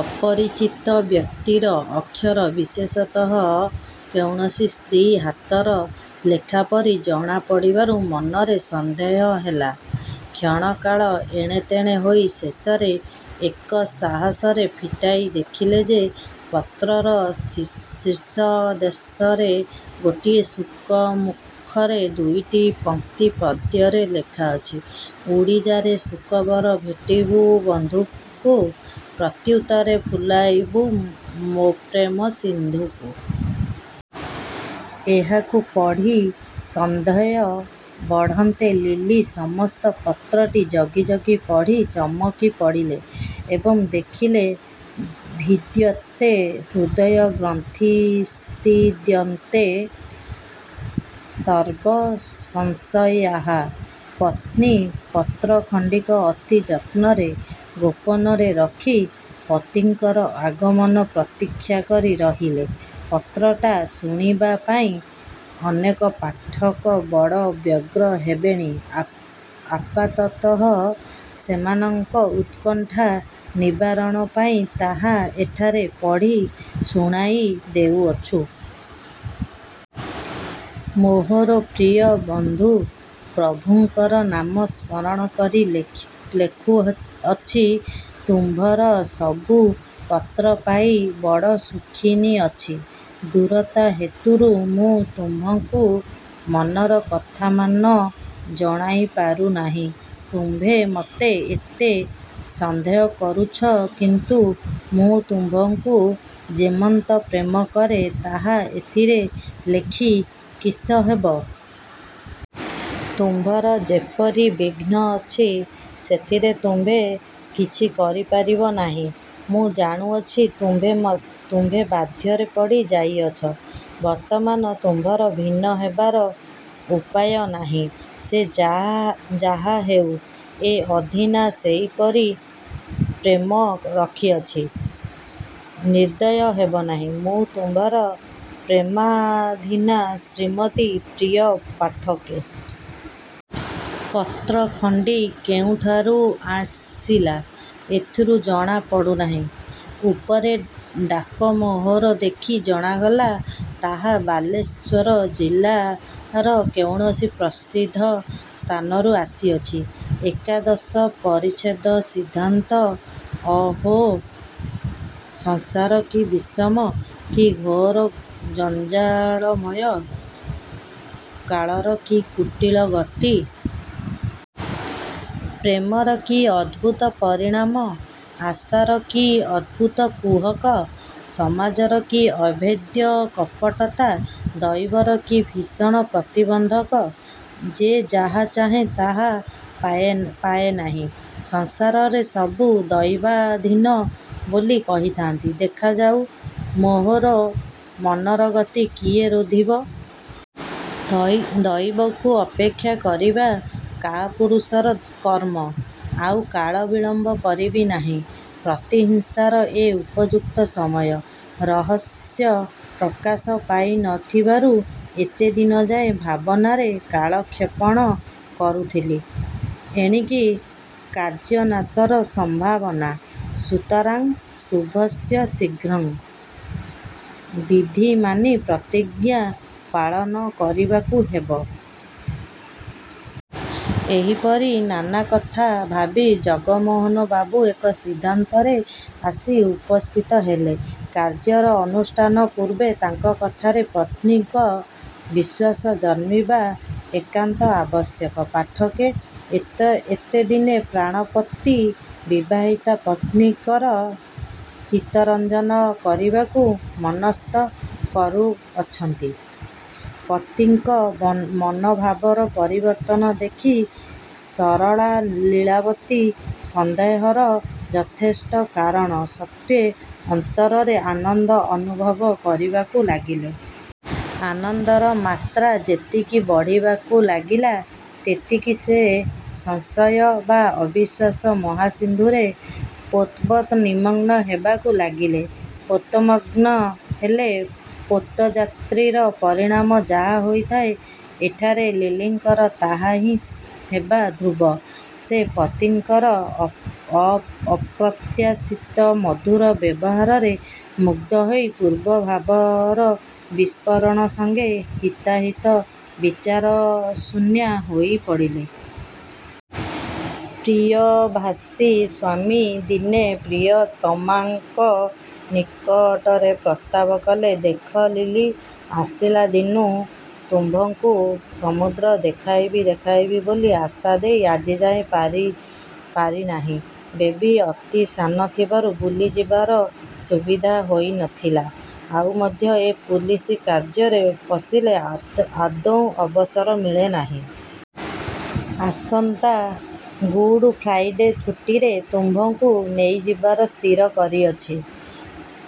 ଅପରିଚିତ ବ୍ୟକ୍ତିର ଅକ୍ଷର, ବିଶେଷତଃ କୌଣସି ସ୍ତ୍ରୀ ହାତର ଲେଖା ପରି ଜଣା ପଡ଼ିବାରୁ ମନରେ ସନ୍ଦେହ ହେଲା। କ୍ଷଣକାଳ ଏଣେତେଣେ ହୋଇ ଶେଷରେ ଏକ ସାହସରେ ଫିଟାଇ ଦେଖିଲେ ଯେ- ପତ୍ରର ଶୀର୍ଷଦେଶରେ ଗୋଟିଏ ଶୁକମୁଖରେ ଦୁଇଟି ପଂକ୍ତି ପଦ୍ୟରେ ଲେଖା ଅଛି। ''ଉଡ଼ିଯା ରେ ଶୁକବର ଭେଟିବୁ ବନ୍ଧୁଙ୍କୁ, ପ୍ରତ୍ୟୁତ୍ତରେ ଫୁଲାଇବୁ ମୋ ପ୍ରେମସିନ୍ଧୁକୁ। '' ଏହାକୁ ପଢ଼ି ସନ୍ଦେହ ବଢ଼ନ୍ତେ ଲିଲି ସମସ୍ତ ପତ୍ରଟି ଜଗି ଜଗି ପଢ଼ି ଚମକିପଡ଼ିଲେ ଏବଂ ଦେଖିଲେ ''ଭିଦ୍ୟତେ ହୃଦୟଗ୍ରନ୍ଥିଶ୍ଛିଦ୍ୟନ୍ତେ ସର୍ବସଂଶୟାଃ। '' ପତ୍ନୀ ପତ୍ରଖଣ୍ଡିକ ଅତି ଯତ୍ନରେ ଗୋପନରେ ରଖି ପତିଙ୍କର ଆଗମନ ପ୍ରତୀକ୍ଷା କରି ରହିଲେ। ପତ୍ରଟା ଶୁଣିବାପାଇଁ ଅନେକ ପାଠକ ବଡ଼ ବ୍ୟଗ୍ର ହେବେଣି ଆପାତତଃ ସେମାନଙ୍କ ଉତ୍କଣ୍ଠା ନିବାରଣପାଇଁ ତାହା ଏଠାରେ ପଢ଼ି ଶୁଣାଇ ଦେଉଅଛୁଁ। ମୋହର ପ୍ରିୟ ବନ୍ଧୁ, ପ୍ରଭୁଙ୍କର ନାମ ସ୍ମରଣ କରି ଲେଖୁଅଛି। ତୁମ୍ଭର ସବୁ ପତ୍ର ପାଇ ବଡ଼ ସୁଖିନୀ ଅଛି। ଦୂରତା ହେତୁରୁ ମୁଁ ତୁମ୍ଭଙ୍କୁ ମନର କଥାମାନ ଜଣାଇ ପାରୁ ନାହିଁ। ତୁମ୍ଭେ ମୋତେ ଏତେ ସନ୍ଦେହ କରୁଛ, କିନ୍ତୁ ମୁଁ ତୁମ୍ଭଙ୍କୁ ଯେମନ୍ତ ପ୍ରେମ କରେଁ, ତାହା ଏଥିରେ ଲେଖି କିସ ହେବ? ତୁମ୍ଭର ଯେପରି ବିଘ୍ନ ଅଛି, ସେଥିରେ ତୁମ୍ଭେ କିଛି କରି ପାରିବ ନାହିଁ। ମୁଁ ଜାଣୁଅଛି, ତୁମ୍ଭେ ବାଧ୍ୟରେ ପଡ଼ି ଯାଇଅଛ। ବର୍ତ୍ତମାନ ତୁମ୍ଭର ଭିନ୍ନ ହେବାର ଉପାୟ ନାହିଁ। ସେ ଯାହାହେଉ, ଏ ଅଧୀନା ସେହିପରି ପ୍ରେମ ରଖିଅଛି। ନିର୍ଦୟ ହେବ ନାହିଁ। ମୁଁ ତୁମ୍ଭର ପ୍ରେମାଧୀନା ଶ୍ରୀମତୀ- ପ୍ରିୟ ପାଠକେ! ପତ୍ର ଖଣ୍ତି କେଉଁଠାରୁ ଆସିଲା, ଏଥିରୁ ଜଣା ପଡ଼ୁନାହିଁ। ଉପରେ ଡାକ ମୋହର ଦେଖି ଜଣାଗଲା, ତାହା ବାଲେଶ୍ୱର ଜିଲ୍ଲାର କୌଣସି ପ୍ରସିଦ୍ଧ ସ୍ଥାନରୁ ଆସିଅଛି। ଏକାଦଶ ପରିଚ୍ଛେଦ ସିଦ୍ଧାନ୍ତ 'ଅହୋ! ସଂସାର କି ବିଷମ! କି ଘୋର ଜଞ୍ଜାଳମୟ! କାଳର କି କୁଟିଳ ଗତି! ପ୍ରେମର କି ଅଦ୍ଭୁତ ପରିଣାମ! ଆଶାର କି ଅପୂର୍ବ କୁହକ! ସମାଜର କି ଅଭେଦ୍ୟ କପଟତା! ଦୈବର କି ଭୀଷଣ ପ୍ରତିବନ୍ଧକ! ଯେ ଯାହା ଚାହେଁ, ତାହା ପାଏ ନାହିଁ। ସଂସାରରେ ସବୁ ଦୈବାଧୀନ ବୋଲି କହିଥାନ୍ତି। ଦେଖାଯାଉ ମୋହର ମନର ଗତି କିଏ ରୋଧିବ? ଦୈବକୁ ଅପେକ୍ଷା କରିବା କାପୁରୂଷର କର୍ମ। ଆଉ କାଳ ବିଳମ୍ୱ କରିବି ନାହିଁ। ପ୍ରତିହିଂସାର ଏ ଉପଯୁକ୍ତ ସମୟ। ରହସ୍ୟ ପ୍ରକାଶ ପାଇ ନ ଥିବାରୁ ଏତେଦିନଯାଏ ଭାବନାରେ କାଳକ୍ଷେପଣ କରୁଥିଲି। ଏଣିକି କାର୍ଯ୍ୟନାଶର ସମ୍ଭାବନା। ସୁତରାଂ ଶୁଭସ୍ୟ ଶୀଘ୍ରଂ' ବିଧି ମାନି ପ୍ରତିଜ୍ଞା ପାଳନ କରିବାକୁ ହେବ। ' ଏହିପରି ନାନା କଥା ଭାବି ଜନମୋହନ ବାବୁ ଏକ ସିଦ୍ଧାନ୍ତରେ ଆସି ଉପସ୍ଥିତ ହେଲେ। କାର୍ଯ୍ୟର ଅନୁଷ୍ଠାନ ପୂର୍ବେ ତାଙ୍କ କଥାରେ ପତ୍ନୀଙ୍କ ବିଶ୍ୱାସ ଜନ୍ମିବା ଏକାନ୍ତ ଆବଶ୍ୟକ। ପାଠକେ! ଏତେଦିନେ ପ୍ରାଣପତି ବିବାହିତା ପତ୍ନୀଙ୍କର ଚିତ୍ତରଞ୍ଜନ କରିବାକୁ ମନଃସ୍ଥ କରୁଅଛନ୍ତି! ପତିଙ୍କ ମନୋଭାବର ପରିବର୍ତ୍ତନ ଦେଖି ସରଳା ଲୀଳାବତୀ ସନ୍ଦେହର ଯଥେଷ୍ଟ କାରଣ ସତ୍ତ୍ୱେ ଅନ୍ତରରେ ଆନନ୍ଦ ଅନୁଭବ କରିବାକୁ ଲାଗିଲେ। ଆନନ୍ଦର ମାତ୍ରା ଯେତିକି ବଢ଼ିବାକୁ ଲାଗିଲା, ତେତିକି ସେ ସଂଶୟ ବା ଅବିଶ୍ୱାସ ମହାସିନ୍ଧୁରେ ପୋତବତ୍ ନିମଗ୍ନ ହେବାକୁ ଲାଗିଲେ। ପୋତ ମଗ୍ନ ହେଲେ ପୋତଯାତ୍ରୀର ପରିଣାମ ଯାହା ହୋଇଥାଏ, ଏଠାରେ ଲିଲିଙ୍କର ତାହାହିଁ ହେବା ଧ୍ରୁବ। ସେ ପତିଙ୍କର ଅପ୍ରତ୍ୟାଶିତ ମଧୁର ବ୍ୟବହାରରେ ମୁଗ୍ଧ ହୋଇ ପୂର୍ବ ଭାବର ବିସ୍ମରଣ ସଙ୍ଗେ ହିତାହିତ ବିଚାରଶୂନ୍ୟା ହୋଇ ପଡ଼ିଲେ। ପ୍ରିୟଭାଷୀ ସ୍ୱାମୀ ଦିନେ ପ୍ରିୟତମାଙ୍କ ନିକଟରେ ପ୍ରସ୍ତାବ କଲେ- 'ଦେଖ ଲିଲି! ଆସିଲାଦିନୁଁ ତୁମ୍ଭଙ୍କୁ ସମୁଦ୍ର ଦେଖାଇବି ଦେଖାଇବି ବୋଲି ଆଶା ଦେଇ ଆଜିଯାଏ ପାରି ନାହିଁ। ବେବି ଅତି ସାନ ଥିବାରୁ ବୁଲି ଯିବାର ସୁବିଧା ହୋଇ ନ ଥିଲା। ଆଉ ମଧ୍ୟ ଏ ପୁଲିସ କାର୍ଯ୍ୟରେ ପଶିଲେ ଆଦୌ ଅବସର ମିଳେ ନାହିଁ-। ଆସନ୍ତା ଗୁଡ଼ ଫ୍ରାଇଡ଼େ ଛୁଟିରେ ତୁମ୍ଭଙ୍କୁ ନେଇଯିବାର ସ୍ଥିର କରିଅଛି।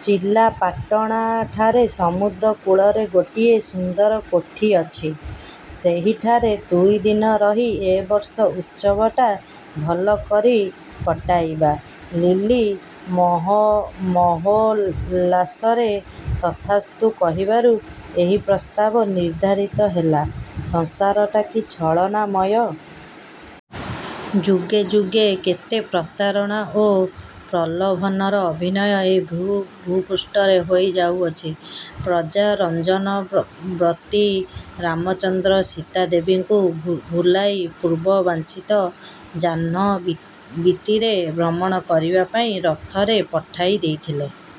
ଚିଲାପାଟଣାଠାରେ ସମୁଦ୍ର-କୂଳରେ ଗୋଟିଏ ସୁନ୍ଦର କୋଠି ଅଛି। ସେହିଠାରେ ଦୁଇ ଦିନ ରହି ଏ ବର୍ଷ ଉତ୍ସବଟା ଭଲକରି କଟାଇବା। ' ଲିଲି ମହୋଲ୍ଲାସରେ 'ତଥାସ୍ତୁ' କହିବାରୁ ଏହି ପ୍ରସ୍ତାବ ନିର୍ଦ୍ଧାରିତ ହେଲା। ସଂସାରଟା କି ଛଳନାମୟ! ଯୁଗେ ଯୁଗେ କେତେ ପ୍ରତାରଣା ଓ ପ୍ରଲୋଭନର ଅଭିନୟ ଏ ଭୂପୃଷ୍ଠରେ ହୋଇ ଯାଉଅଛି। ପ୍ରଜାରଞ୍ଜନବ୍ରତୀ ରାମଚନ୍ଦ୍ର ସୀତାଦେବୀଙ୍କୁ ଭୁଲାଇ ପୂର୍ବବାଞ୍ଛିତ ଜାହ୍ନବୀତୀରେ ଭ୍ରମଣ କରିବାପାଇଁ ରଥରେ ପଠାଇ ଦେଇଥିଲେ।